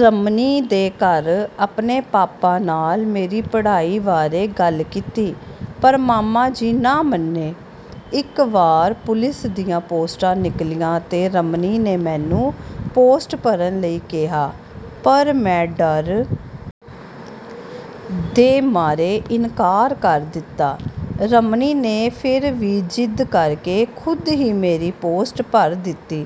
ਰਮਨੀ ਨੇ ਘਰ ਆਪਦੇ ਪਾਪਾ ਨਾਲ ਮੇਰੀ ਪੜ੍ਹਾਈ ਵਾਰੇ ਗੱਲ ਕੀਤੀ, ਪਰ ਮਾਮਾ ਜੀ ਨਾ ਮੰਨੇ, ਇੱਕ ਵਾਰ ਪੁਲਿਸ ਦੀਆਂ ਪੋਸਟਾਂ ਨਿਕਲੀਆਂ ਤੇ ਰਮਨੀ ਨੇ ਮੈਨੂੰ ਪੋਸਟ ਭਰਨ ਲਈ ਕਿਹਾ, ਪਰ ਮੈਂ ਡਰ ਦੇ ਮਾਰੇ ਇਨਕਾਰ ਕਰ ਦਿੱਤਾ, ਰਮਨੀ ਨੇ ਫਿਰ ਵੀ ਜ਼ਿੱਦ ਕਰਕੇ ਖੁਦ ਹੀ ਮੇਰੀ ਪੋਸਟ ਭਰ ਦਿੱਤੀ,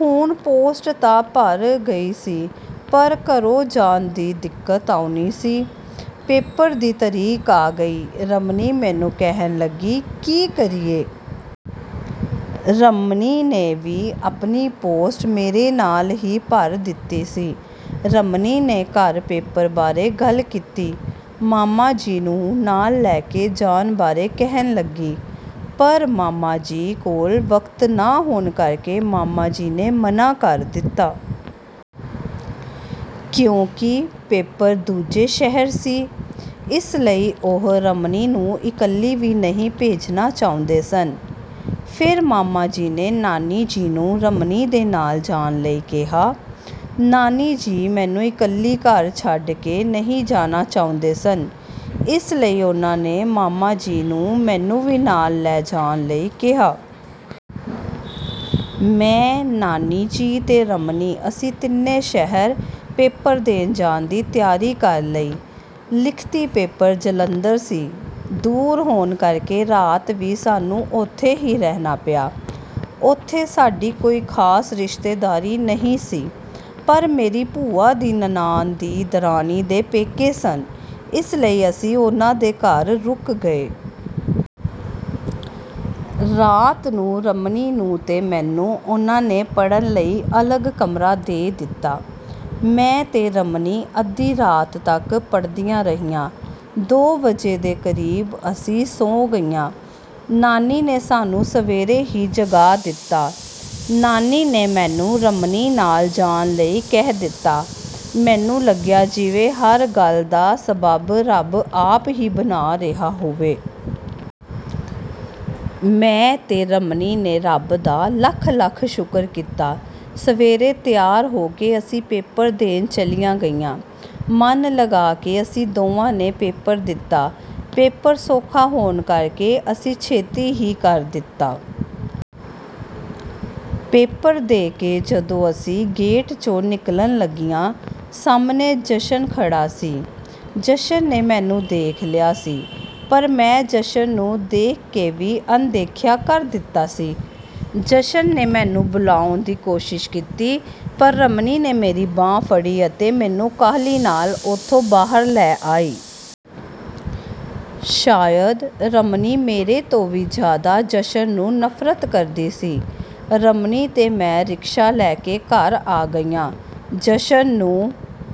ਹੁਣ ਪੋਸਟ ਤਾਂ ਭਰ ਗਈ ਸੀ ਪਰ ਘਰੋਂ ਜਾਣ ਦੀ ਦਿੱਕਤ ਆਉਣੀ ਸੀ ਪੇਪਰ ਦੀ ਤਰੀਕ ਆ ਗਈ, ਰਮਨੀ ਮੈਨੂੰ ਕਹਿਣ ਲੱਗੀ ਕੀ ਕਰੀਏ? ਰਮਨੀ ਨੇ ਵੀ ਆਪਣੀ ਪੋਸਟ ਮੇਰੇ ਨਾਲ ਹੀ ਭਰ ਦਿੱਤੀ ਸੀ, ਰਮਨੀ ਨੇ ਘਰ ਪੇਪਰ ਬਾਰੇ ਗੱਲ ਕੀਤੀ, ਮਾਮਾ ਜੀ ਨੂੰ ਨਾਲ ਲੈਕੇ ਜਾਣ ਬਾਰੇ ਕਹਿਣ ਲੱਗੀ, ਪਰ ਮਾਮਾ ਜੀ ਕੋਲ ਵਕਤ ਨਾ ਹੋਣ ਕਰਕੇ ਮਾਮਾ ਜੀ ਨੇ ਮਨਾ ਕਰ ਦਿੱਤਾ। ਕਿਉਂਕਿ ਪੇਪਰ ਦੂਜੇ ਸ਼ਹਿਰ ਸੀ, ਇਸ ਲਈ ਉਹ ਰਮਨੀ ਨੂੰ ਇਕੱਲੀ ਵੀ ਨਹੀਂ ਭੇਜਣਾ ਚਾਹੁੰਦੇ ਸਨ। ਫਿਰ ਮਾਮਾ ਜੀ ਨੇ ਨਾਨੀ ਜੀ ਨੂੰ ਰਮਨੀ ਦੇ ਨਾਲ ਜਾਣ ਲਈ ਕਿਹਾ। ਨਾਨੀ ਜੀ ਮੈਨੂੰ ਇਕੱਲੀ ਘਰ ਛੱਡ ਕੇ ਨਹੀਂ ਜਾਣਾ ਚਾਹੁੰਦੇ ਸਨ, ਇਸ ਲਈ ਉਨ੍ਹਾਂ ਨੇ ਮਾਮਾ ਜੀ ਨੂੰ ਮੈਨੂੰ ਵੀ ਨਾਲ ਲੈ ਜਾਣ ਲਈ ਕਿਹਾ। ਮੈਂ ਨਾਨੀ ਜੀ ਤੇ ਰਮਨੀ ਅਸੀਂ ਤਿੰਨੇ ਸ਼ਹਿਰ ਪੇਪਰ ਦੇਣ ਜਾਣ ਦੀ ਤਿਆਰੀ ਕਰ ਲਈ। ਲਿਖਤੀ ਪੇਪਰ ਜਲੰਧਰ ਸੀ, ਦੂਰ ਹੋਣ ਕਰਕੇ ਰਾਤ ਵੀ ਸਾਨੂੰ ਉੱਥੇ ਹੀ ਰਹਿਣਾ ਪਿਆ, ਉੱਥੇ ਸਾਡੀ ਕੋਈ ਖ਼ਾਸ ਰਿਸ਼ਤੇਦਾਰੀ ਨਹੀਂ ਸੀ, ਪਰ ਮੇਰੀ ਭੂਆ ਦੀ ਨਨਾਣ ਦੀ ਦਰਾਣੀ ਦੇ ਪੇਕੇ ਸਨ, ਇਸ ਲਈ ਅਸੀਂ ਉਨ੍ਹਾਂ ਦੇ ਘਰ ਰੁਕ ਗਏ। ਰਾਤ ਨੂੰ ਰਮਨੀ ਨੂੰ ਤੇ ਮੈਨੂੰ ਉਹਨਾਂ ਨੇ ਪੜਨ ਲਈ ਅਲੱਗ ਕਮਰਾ ਦੇ ਦਿੱਤਾ, ਮੈਂ ਤੇ ਰਮਨੀ ਅੱਧੀ ਰਾਤ ਤੱਕ ਪੜਦੀਆਂ ਰਹੀਆਂ, ਦੋ ਵਜੇ ਦੇ ਕਰੀਬ ਅਸੀਂ ਸੌਂ ਗਈਆਂ। ਨਾਨੀ ਨੇ ਸਾਨੂੰ ਸਵੇਰੇ ਹੀ ਜਗਾ ਦਿੱਤਾ, ਨਾਨੀ ਨੇ ਮੈਨੂੰ ਰਮਨੀ ਨਾਲ ਜਾਣ ਲਈ ਕਹਿ ਦਿੱਤਾ, ਮੈਨੂੰ ਲੱਗਿਆ ਜਿਵੇਂ ਹਰ ਗੱਲ ਦਾ ਸਬੱਬ ਰੱਬ ਆਪ ਹੀ ਬਣਾ ਰਿਹਾ ਹੋਵੇ। ਮੈਂ ਤੇ ਰਮਨੀ ਨੇ ਰੱਬ ਦਾ ਲੱਖ-ਲੱਖ ਸ਼ੁਕਰ ਕੀਤਾ, ਸਵੇਰੇ ਤਿਆਰ ਹੋ ਕੇ ਅਸੀਂ ਪੇਪਰ ਦੇਣ ਚਲੀਆਂ ਗਈਆਂ, ਮਨ ਲਗਾ ਕੇ ਅਸੀਂ ਦੋਵਾਂ ਨੇ ਪੇਪਰ ਦਿੱਤਾ, ਪੇਪਰ ਸੌਖਾ ਹੋਣ ਕਰਕੇ ਅਸੀਂ ਛੇਤੀ ਹੀ ਕਰ ਦਿੱਤਾ। ਪੇਪਰ ਦੇ ਕੇ ਜਦੋਂ ਅਸੀਂ ਗੇਟ ਚੋਂ ਨਿਕਲਣ ਲੱਗੀਆਂ, ਸਾਹਮਣੇ ਜਸ਼ਨ ਖੜਾ ਸੀ, ਜਸ਼ਨ ਨੇ ਮੈਨੂੰ ਦੇਖ ਲਿਆ ਸੀ ਪਰ ਮੈਂ ਜਸ਼ਨ ਨੂੰ ਦੇਖ ਕੇ ਵੀ ਅਣਦੇਖਿਆ ਕਰ ਦਿੱਤਾ ਸੀ, ਜਸ਼ਨ ਨੇ ਮੈਨੂੰ ਬੁਲਾਉਣ ਦੀ ਕੋਸ਼ਿਸ਼ ਕੀਤੀ ਪਰ ਰਮਨੀ ਨੇ ਮੇਰੀ ਬਾਂਹ ਫੜੀ ਅਤੇ ਮੈਨੂੰ ਕਾਹਲੀ ਨਾਲ ਉੱਥੋਂ ਬਾਹਰ ਲੈ ਆਈ। ਸ਼ਾਇਦ ਰਮਨੀ ਮੇਰੇ ਤੋਂ ਵੀ ਜ਼ਿਆਦਾ ਜਸ਼ਨ ਨੂੰ ਨਫ਼ਰਤ ਕਰਦੀ ਸੀ, ਰਮਨੀ ਤੇ ਮੈਂ ਰਿਕਸ਼ਾ ਲੈਂ ਕੇ ਘਰ ਆ ਗਈਆਂ। ਜਸ਼ਨ ਨੂੰ